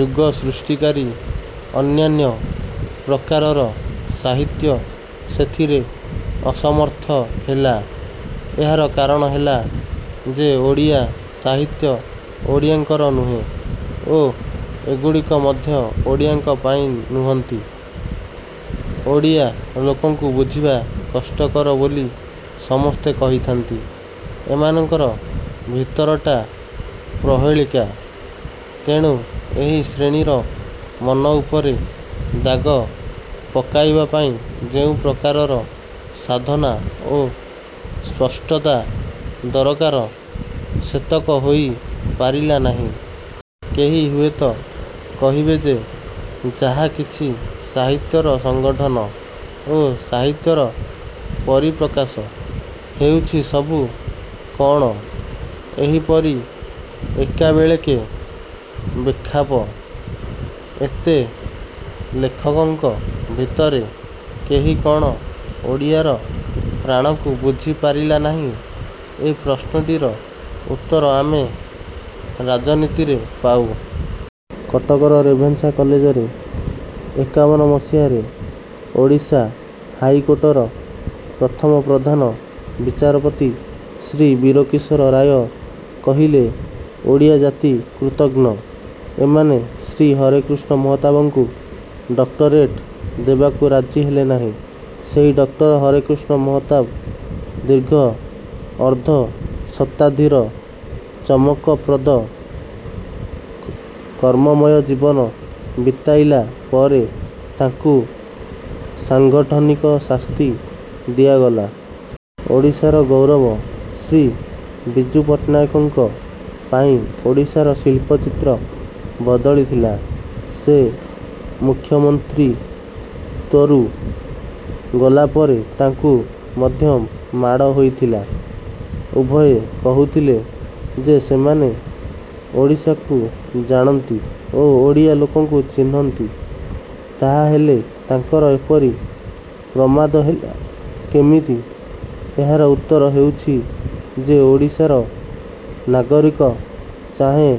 ଯୁଗ ସୃଷ୍ଟିକାରୀ ଅନ୍ୟାନ୍ୟ ପ୍ରକାରର ସାହିତ୍ୟ ସେଥିରେ ଅସମର୍ଥ ହେଲା। ଏହାର କାରଣ ହେଲା ଯେ ଓଡ଼ିଆ ସାହିତ୍ୟ ଓଡ଼ିଆଙ୍କର ନୁହେଁ ଓ ଏଗୁଡ଼ିକ ମଧ୍ୟ ଓଡ଼ିଆଙ୍କ ପାଇଁ ନୁହନ୍ତି। ଓଡ଼ିଆ ଲୋକଙ୍କୁ ବୁଝିବା କଷ୍ଟକର ବୋଲି ସମସ୍ତେ କହିଥାନ୍ତି। ଏମାନଙ୍କର ଭିତରଟା ପ୍ରହେଳିକା। ତେଣୁ ଏହି ଶ୍ରେଣୀର ମନ ଉପରେ ଦାଗ ପକାଇବା ପାଇଁ ଯେଉଁ ପ୍ରକାରର ସାଧନା ଓ ସ୍ପଷ୍ଟତା ଦରକାର ସେତକ ହୋଇ ପାରିଲା ନାହିଁ। କେହି ହୁଏ ତ କହିବେ ଯେ ଯାହା କିଛି ସାହିତ୍ୟର ସଂଗଠନ ଓ ସାହିତ୍ୟର ପରିପ୍ରକାଶ ହେଉଛି ସବୁ କ'ଣ ଏହିପରି ଏକାବେଳେକେ ବେଖାପ? ଏତେ ଲେଖକଙ୍କ ଭିତରେ କେହି କ'ଣ ଓଡ଼ିଆର ପ୍ରାଣକୁ ବୁଝି ପାରିଲା ନାହିଁ? ଏ ପ୍ରଶ୍ନଟିର ଉତ୍ତର ଆମେ ରାଜନୀତିରେ ପାଉ। କଟକର ରେଭେନ୍ସା କଲେଜରେ ଏକାବନ ମସିହାରେ ଓଡ଼ିଶା ହାଇକୋଟର ପ୍ରଥମ ପ୍ରଧାନ ବିଚାରପତି ଶ୍ରୀ ବୀରକିଶୋର ରାୟ କହିଲେ-ଓଡ଼ିଆ ଜାତି କୃତଘ୍ନ। ଏମାନେ ଶ୍ରୀ ହରେକୃଷ୍ଣ ମହତାବଙ୍କୁ ଡକ୍ଟରେଟ୍ ଦେବାକୁ ରାଜି ହେଲେ ନାହିଁ। ସେହି ଡକ୍ଟର ହରେକୃଷ୍ଣ ମହତାବ ଦୀର୍ଘ ଅର୍ଦ୍ଧଶତାଦ୍ଦୀର ଚମକପ୍ରଦ କର୍ମମୟ ଜୀବନ ବିତାଇଲା ପରେ ତାଙ୍କୁ ସାଙ୍ଗଠନିକ ଶାସ୍ତି ଦିଆଗଲା। ଓଡ଼ିଶାର ଗୌରବ ଶ୍ରୀ ବିଜୁ ପଟ୍ଟନାୟକଙ୍କ ପାଇଁ ଓଡ଼ିଶାର ଶିଳ୍ପଚିତ୍ର ବଦଳିଥିଲା। ସେ ମୁଖ୍ୟମନ୍ତ୍ରୀତ୍ୱରୁ ଗଲାପରେ ତାଙ୍କୁ ମଧ୍ୟ ମାଡ଼ ହୋଇଥିଲା। ଉଭୟେ କହୁଥିଲେ ଯେ ସେମାନେ ଓଡ଼ିଶାକୁ ଜାଣନ୍ତି ଓ ଓଡ଼ିଆ ଲୋକଙ୍କୁ ଚିହ୍ନନ୍ତି। ତାହାହେଲେ ତାଙ୍କର ଏପରି ପ୍ରମାଦ ହେଲା କେମିତି? ଏହାର ଉତ୍ତର ହେଉଛି ଯେ ଓଡ଼ିଶାର ନାଗରିକ ଚାହେଁ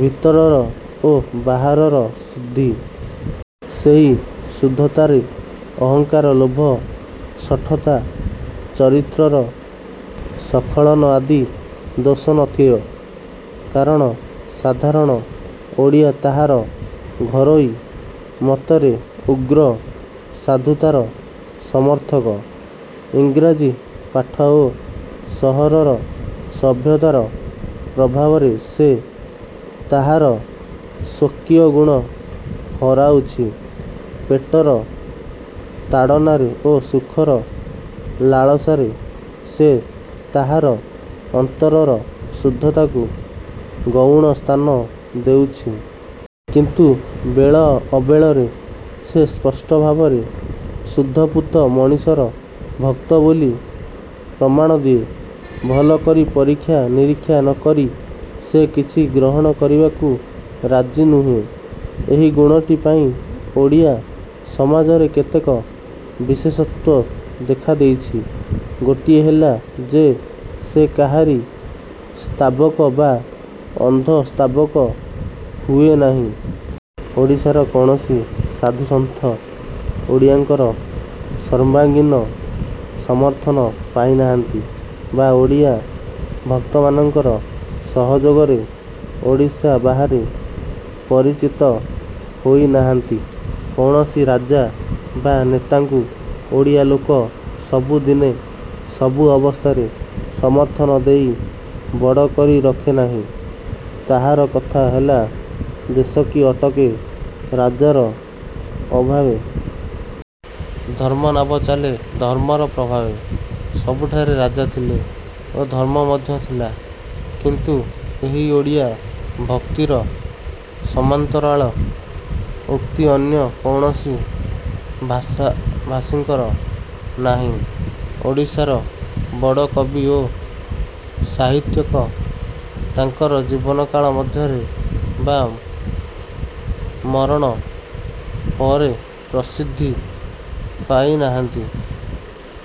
ଭିତରର ଓ ବାହାରର ଶୁଦ୍ଧି। ସେହି ଶୁଦ୍ଧତାରେ ଅହଙ୍କାର, ଲୋଭ, ଶଠତା, ଚରିତ୍ରର ସ୍ଖଳନ ଆଦି ଦୋଷ ନଥିବ। କାରଣ ସାଧାରଣ ଓଡ଼ିଆ ତାହାର ଘରୋଇ ମତରେ ଉଗ୍ର ସାଧୁତାର ସମର୍ଥକ। ଇଂରାଜୀ ପାଠ ଓ ସହରର ସଭ୍ୟତାର ପ୍ରଭାବରେ ସେ ତାହାର ସ୍ୱକୀୟ ଗୁଣ ହରାଉଛି-। ପେଟର ତାଡ଼ନାରେ ଓ ସୁଖର ଲାଳସାରେ ସେ ତାହାର ଅନ୍ତରର ଶୁଦ୍ଧତାକୁ ଗୌଣ ସ୍ଥାନ ଦେଉଛି। କିନ୍ତୁ ବେଳ ଅବେଳରେ ସେ ସ୍ପଷ୍ଟଭାବରେ ଶୁଦ୍ଧପୂତ ମଣିଷର ଭକ୍ତ ବୋଲି ପ୍ରମାଣ ଦିଏ-। ଭଲକରି ପରୀକ୍ଷା ନିରୀକ୍ଷା ନ କରି ସେ କିଛି ଗ୍ରହଣ କରିବାକୁ ରାଜି ନୁହେଁ। ଏହି ଗୁଣଟି ପାଇଁ ଓଡ଼ିଆ ସମାଜରେ କେତେକ ବିଶେଷତ୍ୱ ଦେଖା ଦେଇଛି। ଗୋଟିଏ ହେଲା ଯେ ସେ କାହାରି ସ୍ତାବକ ବା ଅନ୍ଧ ସ୍ତାବକ ହୁଏ ନାହିଁ। ଓଡ଼ିଶାର କୌଣସି ସାଧୁସନ୍ଥ ଓଡ଼ିଆଙ୍କର ସର୍ବାଙ୍ଗୀନ ସମର୍ଥନ ପାଇନାହାନ୍ତି ବା ଓଡ଼ିଆ ଭକ୍ତମାନଙ୍କର ସହଯୋଗରେ ଓଡ଼ିଶା ବାହାରେ ପରିଚିତ ହୋଇ ନାହାନ୍ତି। କୌଣସି ରାଜା ବା ନେତାଙ୍କୁ ଓଡ଼ିଆ ଲୋକ ସବୁ ଦିନେ ସବୁ ଅବସ୍ଥାରେ ସମର୍ଥନ ଦେଇ ବଡ଼ କରି ରଖେ ନାହିଁ। ତାହାର କଥା ହେଲା- ଦେଶ କି ଅଟକେ ରାଜାର ଅଭାବେ? ଧର୍ମନାବ ଚାଲେ ଧର୍ମର ପ୍ରଭାବେ। ସବୁଠାରେ ରାଜା ଥିଲେ ଓ ଧର୍ମ ମଧ୍ୟ ଥିଲା। କିନ୍ତୁ ଏହି ଓଡ଼ିଆ ଭକ୍ତିର ସମାନ୍ତରାଳ ଉକ୍ତି ଅନ୍ୟ କୌଣସି ଭାଷାଭାଷୀଙ୍କର ନାହିଁ। ଓଡ଼ିଶାର ବଡ଼ କବି ଓ ସାହିତ୍ୟିକ ତାଙ୍କର ଜୀବନକାଳ ମଧ୍ୟରେ ବା ମରଣ ପରେ ପ୍ରସିଦ୍ଧି ପାଇ ନାହାନ୍ତି।